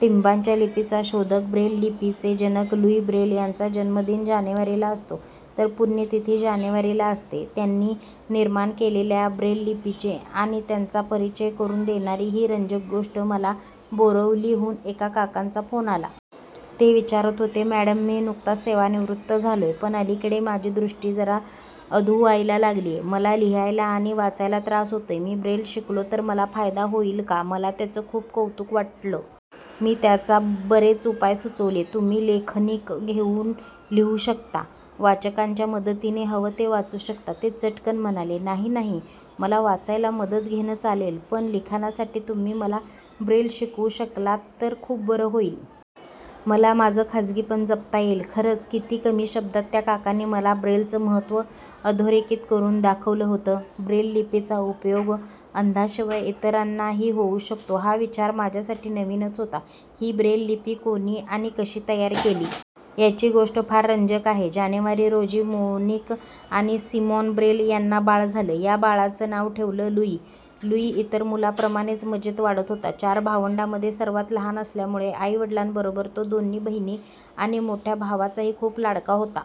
टिंबांच्या लिपीचा शोधक ब्रेल लिपीचे जनक लुई ब्रेल यांचा जन्मदिन जानेवारीला असतो, तर पुण्यतिथी जानेवारीला असते त्यांनी निर्माण केलेल्या ब्रेल लिपीची आणि त्यांचा परिचय करून देणारी ही रंजक गोष्ट- मला बोरिवलीहून एका काकांचा फोन आला. ते विचारत होते, "मॅडम, मी नुकताच सेवानिवृत्त झालोय. पण, अलीकडे माझी दृष्टी जरा अधू व्हायला लागलीये. मला लिहायला आणि वाचायला त्रास होतोय. मी ब्रेल शिकलो तर मला फायदा होईल का? " मला त्यांचं खूप कौतुक वाटलं. मी त्यांना बरेच उपाय सुचवले. तुम्ही लेखनिक घेऊन लिहू शकता, वाचकाच्या मदतीने हवं ते वाचू शकता... ते चटकन म्हणाले, "नाही नाही. मला वाचायला मदत घेणं चालेल पण, पण लिखाणासाठी तुम्ही मला ब्रेल शिकवू शकलात तर खूप बरं होईल. मला माझं खाजगीपण जपता येईल. " खरंच, किती कमी शब्दांत त्या काकांनी मला ब्रेलचं महत्त्व अधोरेखित करून दाखवलंहोतं! ब्रेललिपीचा उपयोग अंधांशिवाय इतरांनाही होऊ शकतो, हा विचार माझ्यासाठी नवीनच होता. ही ब्रेल लिपी कोणी आणि कशी तयार केली? याची गोष्ट फार रंजक आहे. जानेवारी रोजी मोनिक आणि सिमॉन ब्रेल यांना बाळ झालं. या बाळाचं नाव ठेवलं लुई. लुई इतर मुलांप्रमाणेच मजेत वाढत होता. चार भावंडांमध्ये सर्वांत लहान असल्यामुळे आई-वडिलांबरोबरच तो दोन्ही बहिणी आणि मोठ्या भावाचाही खूप लाडका होता.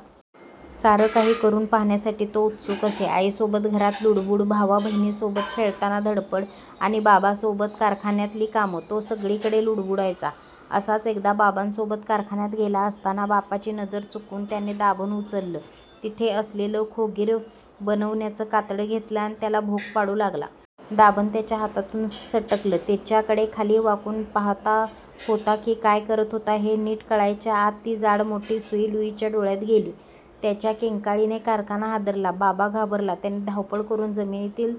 सारं काही करून पाहण्यासाठी तो उत्सुक असे. आईसोबत घरात लुडबूड, भावाबहिणींसोबत खेळताना धडपड आणि बाबासोबत कारखान्यातली कामं. तो सगळीकडे लुडबुडायचा. असाच एकदा बाबासोबत कारखान्यात गेला असताना बाबाची नजर चुकवून त्याने दाभण उचललं. तिथे असलेलं खोगिर बनवण्याचं कातडं घेतलं आणि त्याला भोक पाडू लागला. दाभण त्याच्या हातातून सटकलं. तिच्याकडे खाली वाकून पाहात होता की काय करत होता, हे नीट कळायच्या आत ती जाड, मोठी सुई लुईच्या डोळ्यात गेली. त्याच्या किंकाळीने कारखाना हादरला. बाबा घाबरला. त्याने धावपळ करून जमतील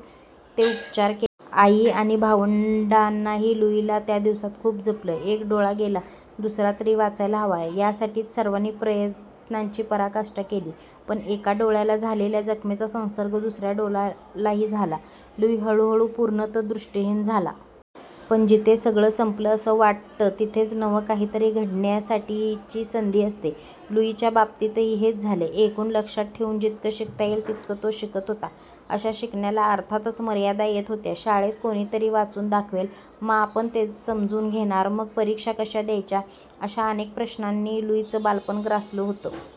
ते उपचार केले. आई आणि भावंडांनीही लुईला त्या दिवसांत खूप जपलं. 'एक डोळा गेला, दुसरा तरी वाचायला हवा' यासाठी सर्वांनी प्रयत्नांची पराकाष्ठा केली. पण, एका डोळ्याला झालेल्या जखमेचा संसर्ग दुसऱ्या डोळ्यालाही झाला. लुई हळूहळू पूर्णतः दृिष्टहीन झाला...... पण, जिथे सगळं संपलं असं वाटतं, तिथेच नवं काहीतरी घडवण्यासाठीची संधीही असते. लुईच्या बाबतीतही हेच झालं. ऐकून, लक्षातठेवून जितकं शिकता येईल तितकं तो शिकत होता. अशा शिकण्याला अर्थातच मर्यादा येत होत्या. शाळेत कोणीतरी वाचून दाखवेल, मग, आपण तेसमजून घेणार, मग, परीक्षा कशा द्यायच्या? अशा अनेक प्रश्नांनी लुईचं बालपण ग्रासलं होतं.